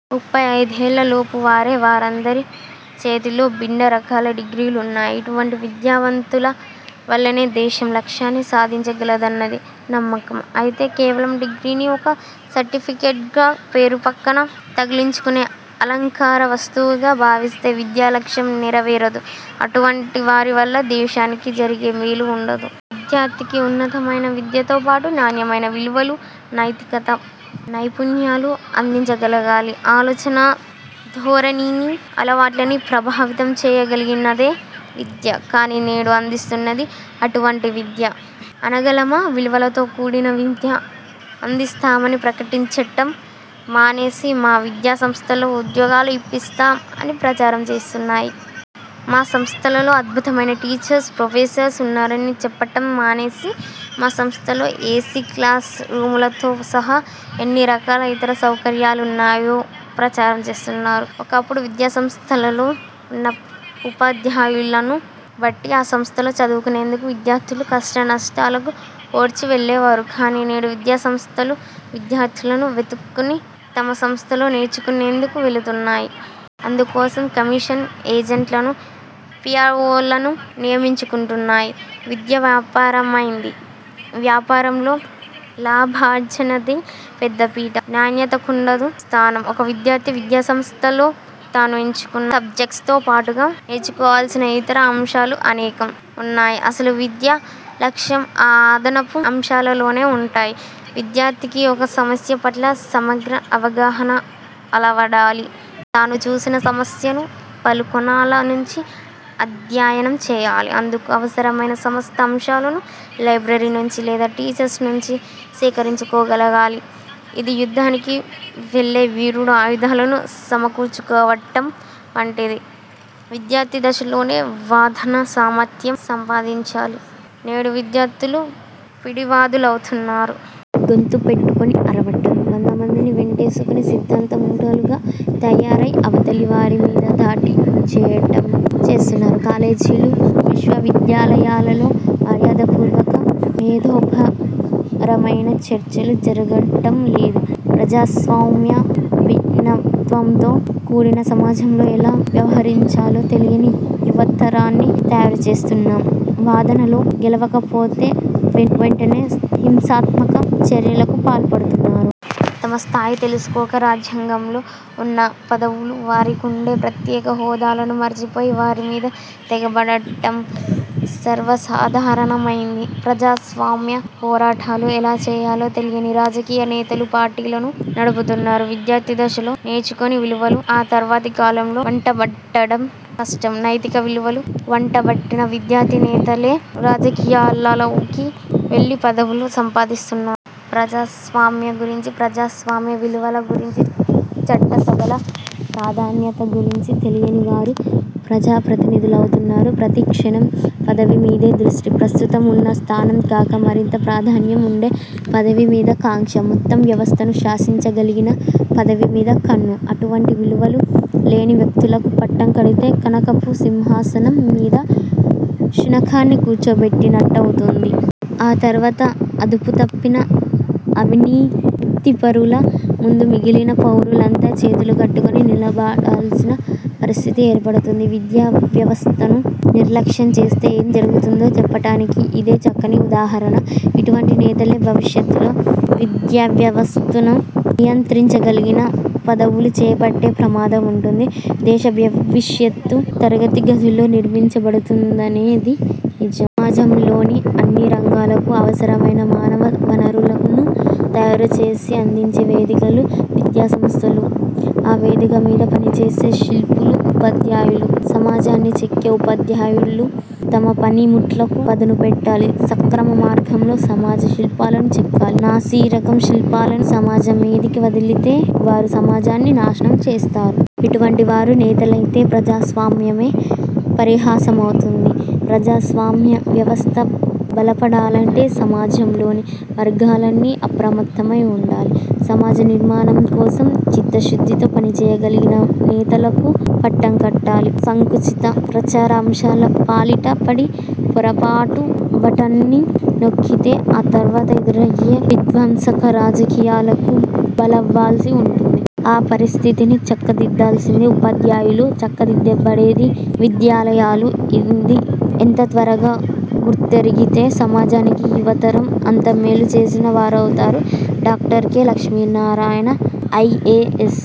ముప్పై ఐదుఏళ్ళ లోపువారే. వారందరి చేతిలో భిన్న రకాల డిగ్రీలున్నాయి. ఇటువంటి విద్యావంతుల వల్లనే దేశం లక్ష్యాన్ని సాధించగలదన్నది నమ్మకం. అయితే కేవలం డిగ్రీని ఒక సర్టిఫికేట్గా, పేరుపక్కన తగిలించుకునే అలంకార వస్తువుగా భావిస్తే విద్య లక్ష్యం నెరవేరదు. అటువంటి వారి వల్ల దేశానికి జరిగే మేలు వుండదు. విద్యార్థికి ఉన్నతమైన విద్యతో పాటు నాణ్యమైన విలువలు, నైతికత, నైపుణ్యాలు అందించగలగాలి. ఆలోచనా ధోరణిని, అలవాట్లని ప్రభావితం చెయ్యగలిగినదే విద్య. కానీ నేడు అందిస్తున్నది అటువంటి విద్య అనగలమా! విలువలతో కూడిన విద్య అందిస్తామని ప్రకటించటం మానేసి, మా విద్యాసంస్థలో ఉద్యోగాలు ఇప్పిస్తాం అని ప్రచారం చేస్తున్నాయి. మా సంస్థలలో అద్భుతమైన టీచర్స్, ప్రొఫెసర్స్ ఉన్నారని చెప్పటం మానేసి, మా సంస్థలో ఏసీ క్లాసు రూములతో సహా ఎన్ని రకాల ఇతర సౌకర్యాలున్నాయో ప్రచారం చేస్తున్నారు. ఒకప్పుడు విద్యాసంస్థలలో ఉన్న ఉపాధ్యాయులను బట్టి ఆ సంస్థలో చదువుకునేందుకు విద్యార్థులు కష్టనష్టాలకు ఓర్చి వెళ్ళేవారు. కానీ నేడు విద్యాసంస్థలు విద్యార్థులను వెతుక్కుని తమ సంస్థలో చేర్చుకునేందుకు వెళుతున్నాయి. అందుకోసం కమిషన్ ఏజంట్లను, పీఆర్వోలను నియమించుకుంటున్నాయి. విద్య వ్యాపారమైంది. వ్యాపారంలో లాభార్జనదే పెద్ద పీట, నాణ్యతకుండదు స్థానం. ఒక విద్యార్థి విద్యాసంస్థలో తాను ఎంచుకున్న సబ్జెక్ట్స్తో పాటుగా నేర్చుకోవాల్సిన ఇతర అంశాలు అనేకం ఉన్నాయి. అసలు విద్య లక్ష్యం ఆ అదనపు అంశాలలోనే ఉంటాయి. విద్యార్థికి ఒక సమస్య పట్ల సమగ్ర అవగాహన అలవడాలి. తాను చూసిన సమస్యను పలు కోణాల నుంచి అధ్యయనం చేయాలి. అందుకు అవసరమైన సమస్త అంశాలను లైబ్రరీ నుంచి లేదా టీచర్స్ నుంచి సేకరించుకోగలగాలి. ఇది యుద్ధానికి వెళ్ళే వీరుడు ఆయుధాలను సమకూర్చుకోవటం వంటిది. విద్యార్థి దశలోనే వాదనా సామర్థ్యం సంపాదించాలి. నేడు విద్యార్థులు పిడివాదులవుతున్నారు. గొంతు పెట్టుకుని అరవటం, వందమందిని వెంటేసుకుని సిద్ధాంత ముఠాలుగా తయారై అవతలివారి మీద దాడి చెయ్యటం చేస్తున్నారు. కాలేజీలు, విశ్వవిద్యాలయాలలో మర్యాదపూర్వక, మేధోపరమైన చర్చలు జరగటం లేదు. ప్రజాస్వామ్య, భిన్నత్వంతో కూడిన సమాజంలో ఎలా వ్యవహరించాలో తెలియని యువతరాన్ని తయారుచేస్తున్నాం. వాదనలో గెలవలేకపోతే వెనువెంటనే హింసాత్మక చర్యలకు పాల్పడుతున్నారు. తమస్థాయి తెలుసుకోక, రాజ్యాంగంలో ఉన్న పదవులు వారికుండే ప్రత్యేక హోదాలను మరచిపోయి వారి మీద తెగబడటం సర్వసాధారణమైంది. ప్రజాస్వామ్య పోరాటాలు ఎలా చెయ్యాలో తెలియని రాజకీయ నేతలు పార్టీలను నడుపుతున్నారు. విద్యార్థి దశలో నేర్చుకోని విలువలు ఆ తర్వాతి కాలంలో వంటబట్టడం కష్టం. నైతిక విలువలు వంటబట్టిన విద్యార్థి నేతలే రాజకీయాలలోకి వెళ్ళి పదవులు సంపాదిస్తున్నారు. ప్రజాస్వామ్యం గురించి, ప్రజాస్వామ్య విలువల గురించి, చట్టసభల ప్రాధాన్యత గురించి తెలియని వారు ప్రజాప్రతినిధులవుతున్నారు. ప్రతిక్షణం పదవి మీదే దృష్టి. ప్రస్తుతం ఉన్న స్థానం కాక మరింత ప్రాధాన్యం ఉండే పదవి మీద కాంక్ష, మొత్తం వ్యవస్థను శాసించగలిగిన పదవి మీద కన్ను. అటువంటి విలువలు లేని వ్యక్తులకు పట్టం కడితే కనకపు సింహాసనం మీద శునకాన్ని కూర్చోబెట్టినట్టవుతుంది. ఆ తర్వాత అదుపుతప్పిన అవినీతిపరుల ముందు మిగిలిన పౌరులంతా చేతులు కట్టుకుని నిలబడాల్సిన పరిస్థితి ఏర్పడుతుంది. విద్యావ్యవస్థను నిర్లక్ష్యం చేస్తే ఏం జరుగుతుందో చెప్పటానికి యిదే చక్కని ఉదాహరణ. ఇటువంటి నేతలే భవిష్యత్తులో విద్యావ్యవస్థను నియంత్రించగలిగిన పదవులు చేపట్టే ప్రమాదం ఉంటుంది. దేశ భవిష్యత్తు తరగతి గదుల్లో నిర్మించబడుతుందనేది నిజం. సమాజంలోని అన్ని రంగాలకు అవసరమైన మానవ వనరులను తయారు చేసి, అందించే వేదికలు విద్యాసంస్థలు. ఆ వేదిక మీద పనిచేసే శిల్పులు ఉపాధ్యాయులు. సమాజాన్ని చెక్కే ఉపాధ్యాయులు తమ పనిముట్లకు పదనుపెట్టాలి. సక్రమ మార్గంలో సమాజ శిల్పాలను చెక్కాలి. నాసిరకం శిల్పాలను సమాజం మీదికి వదిలితే వారు సమాజాన్ని నాశనం చేస్తారు. ఇటువంటి వారు నేతలైతే ప్రజాస్వామ్యమే పరిహాసమవుతుంది. ప్రజాస్వామ్య వ్యవస్థ బలపడాలంటే సమాజంలోని వర్గాలన్నీ అప్రమత్తమై వుండాలి. సమాజ నిర్మాణం కోసం చిత్తశుద్ధితో పనిచేయగలిగిన నేతలకు పట్టం కట్టాలి. సంకుచిత ప్రచార అంశాల పాలిట పడి, పొరపాటు బటన్ని నొక్కితే ఆ తర్వాత ఎదురయ్యే విధ్వంసక రాజకీయాలకు బలవ్వాల్సి ఉంటుంది. ఆ పరిస్థితిని చక్కదిద్దాల్సింది ఉపాధ్యాయులు. చక్కదిద్దబడేది విద్యాలయాలు. ఇది ఎంత త్వరగా గుర్తెరిగితే సమాజానికి యువతరం అంత మేలు చేసిన వారవుతారు. Doctor K. లక్ష్మీనారాయణఐఏఎస్